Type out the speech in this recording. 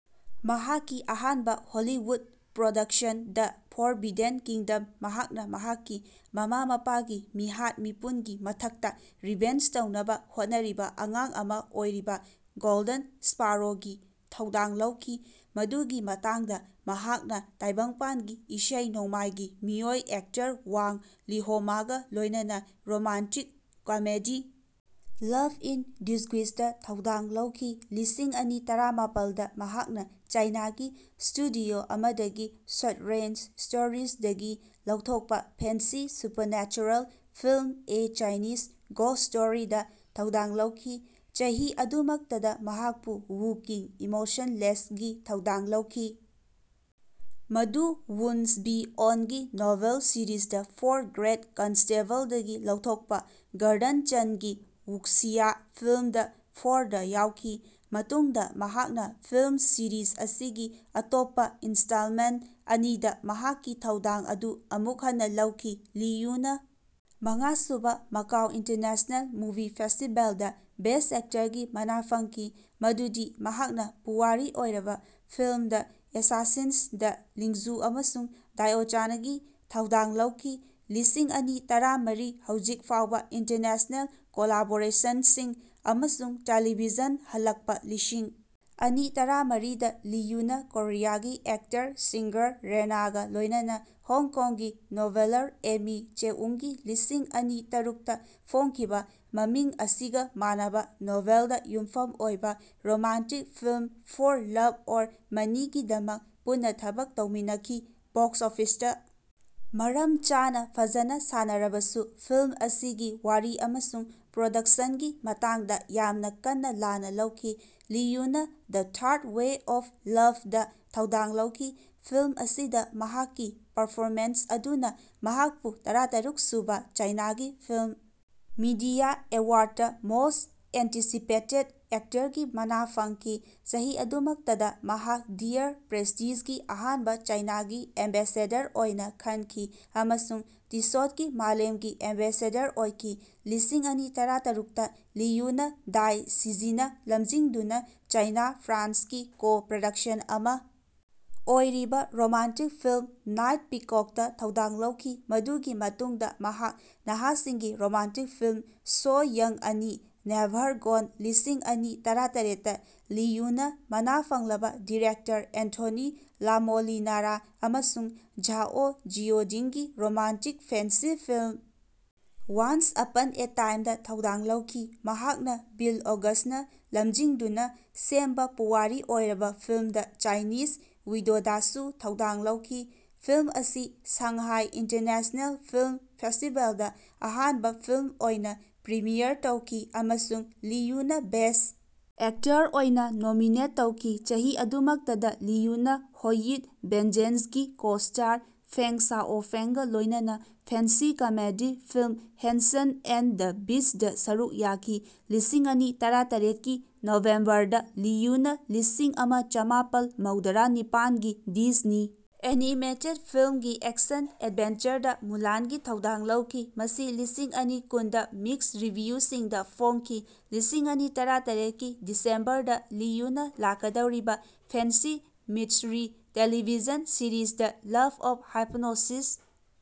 ꯃꯍꯥꯛꯀꯤ ꯑꯍꯥꯟꯕ Hollywood production, the forbidden kingdom. ꯃꯍꯥꯛꯅ ꯃꯍꯥꯛꯀꯤ ꯃꯃꯥ-ꯃꯄꯥꯒꯤ ꯃꯤꯍꯥꯠ-ꯃꯤꯄꯨꯟꯒꯤ ꯃꯊꯛꯇꯥ ꯔꯤꯚꯦꯟꯖ ꯇꯧꯅꯕ ꯍꯣꯠꯅꯔꯤꯕ ꯑꯉꯥꯡ ꯑꯃ ꯑꯣꯏꯔꯤꯕ ꯒꯣꯜꯗꯟ ꯁ꯭ꯄꯥꯔꯣꯒꯤ ꯊꯧꯗꯥꯡ ꯂꯧꯈꯤ꯫ ꯃꯗꯨꯒꯤ ꯃꯇꯨꯡꯗꯥ ꯃꯍꯥꯛꯅ ꯇꯥꯏꯕꯪꯄꯥꯟꯒꯤ ꯏꯁꯩ ꯅꯣꯡꯃꯥꯏꯒꯤ ꯃꯤꯑꯣꯏ-ꯑꯦꯛꯇꯔ ꯋꯥꯡ ꯂꯤꯍꯣꯃꯒꯥ ꯂꯣꯏꯅꯅ ꯔꯣꯃꯥꯟꯇꯤꯛ-ꯀꯃꯦꯗꯤ ꯂꯚ ꯏꯟ ꯗꯤꯁꯒꯨꯏꯁ ꯗꯥ ꯊꯧꯗꯥꯡ ꯂꯧꯈꯤ꯫ꯂꯤꯁꯤꯡ ꯑꯅꯤ ꯇꯔꯥꯃꯥꯄꯜꯗꯥ ꯃꯍꯥꯛꯅ ꯆꯥꯏꯅꯥꯒꯤ ꯁ꯭ꯇꯨꯗꯤꯑꯣ ꯑꯃꯗꯒꯤ ꯁ꯭ꯠꯔꯦꯟꯖ ꯁ꯭ꯇꯣꯔꯤꯖꯗꯒꯤ ꯂꯧꯊꯣꯛꯄ fantasy supernatural film a Chinese ghost ꯁ꯭ꯇꯣꯔꯤꯗꯥ ꯊꯧꯗꯥꯡ ꯂꯧꯈꯤ꯫ ꯆꯍꯤ ꯑꯗꯨꯃꯛꯇꯗꯥ ꯃꯍꯥꯛꯄꯨ ꯋꯨ ꯀꯤꯡ (ꯏꯃꯣꯁꯟꯂꯦꯁ) ꯒꯤ ꯊꯧꯗꯥꯡ ꯂꯧꯈꯤ, ꯃꯗꯨ ꯋꯨꯟ ꯁ꯭ꯕꯤ ꯑꯣꯟꯒꯤ novel series the four great ꯀꯟꯁꯇꯦꯕꯜꯗꯒꯤ ꯂꯧꯊꯣꯛꯄꯥ ꯒꯔꯗꯟ ꯆꯟꯒꯤ ꯋꯨꯛꯁꯤꯌꯥ ꯐꯤꯜꯝ ꯗ ꯐꯣꯔꯗꯥ ꯌꯥꯎꯈꯤ꯫ ꯃꯇꯨꯡꯗꯥ ꯃꯍꯥꯛꯅ ꯐꯤꯜꯝ ꯁꯤꯔꯤꯖ ꯑꯁꯤꯒꯤ ꯑꯇꯣꯞꯄ ꯏꯟ꯭ꯁꯇꯥꯜꯃꯦꯟꯠ ꯑꯅꯤꯗꯥ ꯃꯍꯥꯛꯀꯤ ꯊꯧꯗꯥꯡ ꯑꯗꯨ ꯑꯃꯨꯛ ꯍꯟꯅ ꯂꯧꯈꯤ꯫ ꯂꯤꯌꯨꯅ ꯃꯉꯥꯁꯨꯕ ꯃꯥꯀꯥꯎ ꯏꯟꯇꯔꯅꯦꯁ꯭ꯅꯦꯜ ꯃꯨꯚꯤ ꯐꯦꯁ꯭ꯇꯤꯕꯦꯜꯗꯥ ꯕꯦꯁ꯭ꯠ ꯑꯦꯛꯇꯔꯒꯤ ꯃꯅꯥ ꯐꯪꯈꯤ ꯃꯗꯨꯗꯤ ꯃꯍꯥꯛꯅ ꯄꯨꯋꯥꯔꯤ ꯑꯣꯏꯔꯕ ꯐꯤꯜꯝ ꯗ ꯑꯦꯁꯥꯁꯤꯟꯁ ꯗꯥ ꯂꯤꯡꯖꯨ ꯑꯃꯁꯨꯡ ꯗꯥꯏꯑꯣꯆꯥꯅꯒꯤ ꯊꯧꯗꯥꯡ ꯂꯧꯈꯤ꯫ ꯂꯤꯁꯤꯡ ꯑꯅꯤ ꯇꯔꯥꯃꯔꯤ ꯍꯧꯖꯤꯛ ꯐꯥꯎꯕ ꯏꯟꯇꯔꯅꯦꯁ꯭ꯅꯦꯜ ꯀꯣꯂꯥꯕꯣꯔꯦꯁꯟꯁꯤꯡ ꯑꯃꯁꯨꯡ ꯇꯦꯂꯤꯚꯤꯖꯟ ꯍꯟꯂꯛꯄ ꯂꯤꯁꯤꯡ ꯑꯅꯤ ꯇꯔꯥꯃꯔꯤꯗꯥ ꯂꯤꯌꯨꯅ ꯀꯣꯔꯤꯌꯥꯒꯤ ꯑꯦꯛꯇꯔ-ꯁꯤꯉ꯭ꯒꯔ ꯔꯦꯅꯒꯥ ꯂꯣꯏꯅꯅ ꯍꯣꯡꯀꯣꯡꯒꯤ ꯅꯣꯚꯦꯂꯔ ꯑꯦꯃꯤ ꯆꯦꯎꯪꯒꯤ ꯂꯤꯁꯤꯡ ꯑꯅꯤ ꯇꯔꯨꯛꯇꯥ ꯐꯣꯡꯈꯤꯕꯥ ꯃꯃꯤꯡ ꯑꯁꯤꯒꯥ ꯃꯥꯟꯅꯕ ꯅꯣꯚꯦꯜꯗꯥ ꯌꯨꯝꯐꯝ ꯑꯣꯏꯕ romantic film for love or money ꯒꯤꯗꯃꯛ ꯄꯨꯟꯅ ꯊꯕꯛ ꯇꯧꯃꯤꯟꯅꯈꯤ꯫ ꯕꯣꯛꯁ ꯑꯣꯐꯤꯁꯇꯥ ꯃꯔꯝ ꯆꯥꯅꯥ ꯐꯖꯅ ꯁꯥꯟꯅꯔꯕꯁꯨ ꯐꯤꯜꯝ ꯑꯁꯤꯒꯤ ꯋꯥꯔꯤ ꯑꯃꯁꯨꯡ ꯄ꯭ꯔꯣꯗꯛꯁꯟꯒꯤ ꯃꯇꯥꯡꯗꯥ ꯌꯥꯝꯅ ꯀꯟꯅ ꯂꯥꯟꯅ ꯂꯧꯈꯤ꯫ ꯂꯤꯌꯨꯅꯥ the third wave of love ꯗꯥ ꯊꯧꯗꯥꯡ ꯂꯧꯈꯤ꯫ ꯐꯤꯜꯝ ꯑꯁꯤꯗꯥ ꯃꯍꯥꯛꯀꯤ ꯄꯔꯐꯣꯃꯦꯟꯁ ꯑꯗꯨꯅꯥ ꯃꯍꯥꯛꯄꯨ ꯇꯔꯥꯇꯔꯨꯛ ꯁꯨꯕꯥ ꯆꯥꯏꯅꯥꯒꯤ ꯐꯤꯜꯝ ꯃꯤꯗꯤꯌꯥ ꯑꯦꯋꯥꯔꯗꯇꯥ ꯃꯣꯁ꯭ꯠ ꯑꯦꯟꯇꯤꯁꯤꯄꯦꯇꯦꯗ ꯑꯦꯛꯇꯔꯒꯤ ꯃꯅꯥ ꯐꯪꯈꯤ꯫ ꯆꯍꯤ ꯑꯗꯨꯃꯛꯇꯗꯥ ꯃꯍꯥꯛ ꯗꯤꯌꯔ ꯄ꯭ꯔꯦꯁ꯭ꯇꯤꯖꯒꯤ ꯑꯍꯥꯟꯕ ꯆꯥꯏꯅꯥꯒꯤ ꯑꯦꯝꯕꯦꯁꯦꯗꯔ ꯑꯣꯏꯅꯥ ꯈꯟꯈꯤ ꯑꯃꯁꯨꯡ ꯇꯤꯁꯣꯠꯀꯤ ꯃꯥꯂꯦꯝꯒꯤ ꯑꯦꯝꯕꯦꯁꯦꯗꯔ ꯑꯣꯏꯈꯤ꯫ ꯂꯤꯁꯤꯡ ꯑꯅꯤ ꯇꯔꯥꯇꯔꯨꯛꯇꯥ ꯂꯤꯌꯨꯅꯥ ꯗꯥꯏ ꯁꯤꯖꯤꯅꯥ ꯂꯝꯖꯤꯡꯗꯨꯅꯥ ꯆꯥꯏꯅꯥ -ꯐ꯭ꯔꯥꯟꯁꯀꯤ ꯀꯣ-ꯄ꯭ꯔꯗꯛꯁꯟ ꯑꯃꯥ ꯑꯣꯏꯔꯤꯕ ꯔꯣꯃꯥꯟꯇꯤꯛ ꯐꯤꯜꯝ ꯅꯥꯏꯠ ꯄꯤꯀꯣꯛꯇꯥ ꯊꯧꯗꯥꯡ ꯂꯧꯈꯤ꯫ ꯃꯗꯨꯒꯤ ꯃꯇꯨꯡꯗꯥ ꯃꯍꯥꯛ ꯅꯍꯥꯁꯤꯡꯒꯤ ꯔꯣꯃꯥꯟꯇꯤꯛ ꯐꯤꯜꯝ ꯁꯣ ꯌꯪ ꯑꯅꯤ: ꯅꯦꯚꯥꯔ ꯒꯣꯟ꯫ ꯂꯤꯁꯤꯡ ꯑꯅꯤ ꯇꯔꯥꯇꯔꯦꯠꯇꯥ ꯂꯤꯌꯨꯅꯥ ꯃꯅꯥ ꯐꯪꯂꯕ ꯗꯤꯔꯦꯛꯇꯔ ꯑꯦꯟꯊꯣꯅꯤ ꯂꯥꯃꯣꯂꯤꯅꯥꯔꯥ ꯑꯃꯁꯨꯡ ꯓꯥꯑꯣ ꯖꯤꯑꯣꯗꯤꯡꯒꯤ romantic fantasy film once upon a ꯇꯥꯏꯝꯗꯥ ꯊꯧꯗꯥꯡ ꯂꯧꯈꯤ꯫ ꯃꯍꯥꯛꯅ ꯕꯤꯜ ꯑꯣꯒꯁ꯭ꯇꯅꯥ ꯂꯝꯖꯤꯡꯗꯨꯅꯥ ꯁꯦꯝꯕꯥ ꯄꯨꯋꯥꯔꯤ ꯑꯣꯏꯔꯕ ꯐꯤꯜꯝ ꯗ ꯆꯥꯏꯅꯤꯖ ꯋꯤꯗꯣꯗꯥꯁꯨ ꯊꯧꯗꯥꯡ ꯂꯧꯈꯤ꯫ ꯐꯤꯜꯝ ꯑꯁꯤ ꯁꯥꯡꯍꯥꯏ ꯏꯟꯇꯔꯅꯦꯁ꯭ꯅꯦꯜ ꯐꯤꯜꯝ ꯐꯦꯁ꯭ꯇꯤꯕꯦꯜꯗꯥ ꯑꯍꯥꯟꯕ ꯐꯤꯜꯝ ꯑꯣꯏꯅꯥ ꯄ꯭ꯔꯤꯃꯤꯌꯔ ꯇꯧꯈꯤ, ꯑꯃꯁꯨꯡ ꯂꯤꯌꯨꯅꯥ ꯕꯦꯁ꯭ꯠ ꯑꯦꯛꯇꯔ ꯑꯣꯏꯅꯥ ꯅꯣꯃꯤꯅꯦꯠ ꯇꯧꯈꯤ꯫ ꯆꯍꯤ ꯑꯗꯨꯃꯛꯇꯗꯥ ꯂꯤꯌꯨꯅꯥ ꯍꯣꯌꯤꯠ ꯚꯦꯟꯖꯦꯟꯁꯀꯤ ꯀꯣ-ꯁ꯭ꯇꯥꯔ ꯐꯦꯡ ꯁꯥꯑꯣꯐꯦꯡꯒꯥ ꯂꯣꯏꯅꯅꯥ fantasy comedy film Hanson and the ꯕꯤꯁ꯭ꯠꯗ ꯁꯔꯨꯛ ꯌꯥꯈꯤ꯫ ꯂꯤꯁꯤꯡ ꯑꯅꯤ ꯇꯔꯥꯇꯔꯦꯠꯀꯤ ꯅꯣꯚꯦꯝꯕꯔꯗꯥ ꯂꯤꯌꯨꯅꯥ ꯂꯤꯁꯤꯡ ꯑꯃ ꯆꯥꯃꯥꯄꯜ ꯃꯧꯗꯔꯥ ꯅꯤꯄꯥꯟꯒꯤ ꯗꯤꯖꯅꯤ ꯑꯦꯅꯤꯃꯦꯇꯦꯗ ꯐꯤꯜꯝꯒꯤ ꯑꯦꯛꯁꯟ ꯑꯦꯗꯕꯦꯟꯆꯔꯗꯥ ꯃꯨꯂꯥꯟꯒꯤ ꯊꯧꯗꯥꯡ ꯂꯧꯈꯤ, ꯃꯁꯤ ꯂꯤꯁꯤꯡ ꯑꯅꯤ ꯀꯨꯟꯗꯥ ꯃꯤꯛꯁ ꯔꯤꯚꯤꯌꯨꯁꯤꯡꯗꯥ ꯐꯣꯡꯈꯤ꯫ ꯂꯤꯁꯤꯡ ꯑꯅꯤ ꯇꯔꯥꯇꯔꯦꯠꯀꯤ ꯗꯤꯁꯦꯝꯕꯔꯗꯥ ꯂꯤꯌꯨꯅꯥ ꯂꯥꯛꯀꯗꯧꯔꯤꯕꯥ fantasy mystery television series, the love of hypnosis.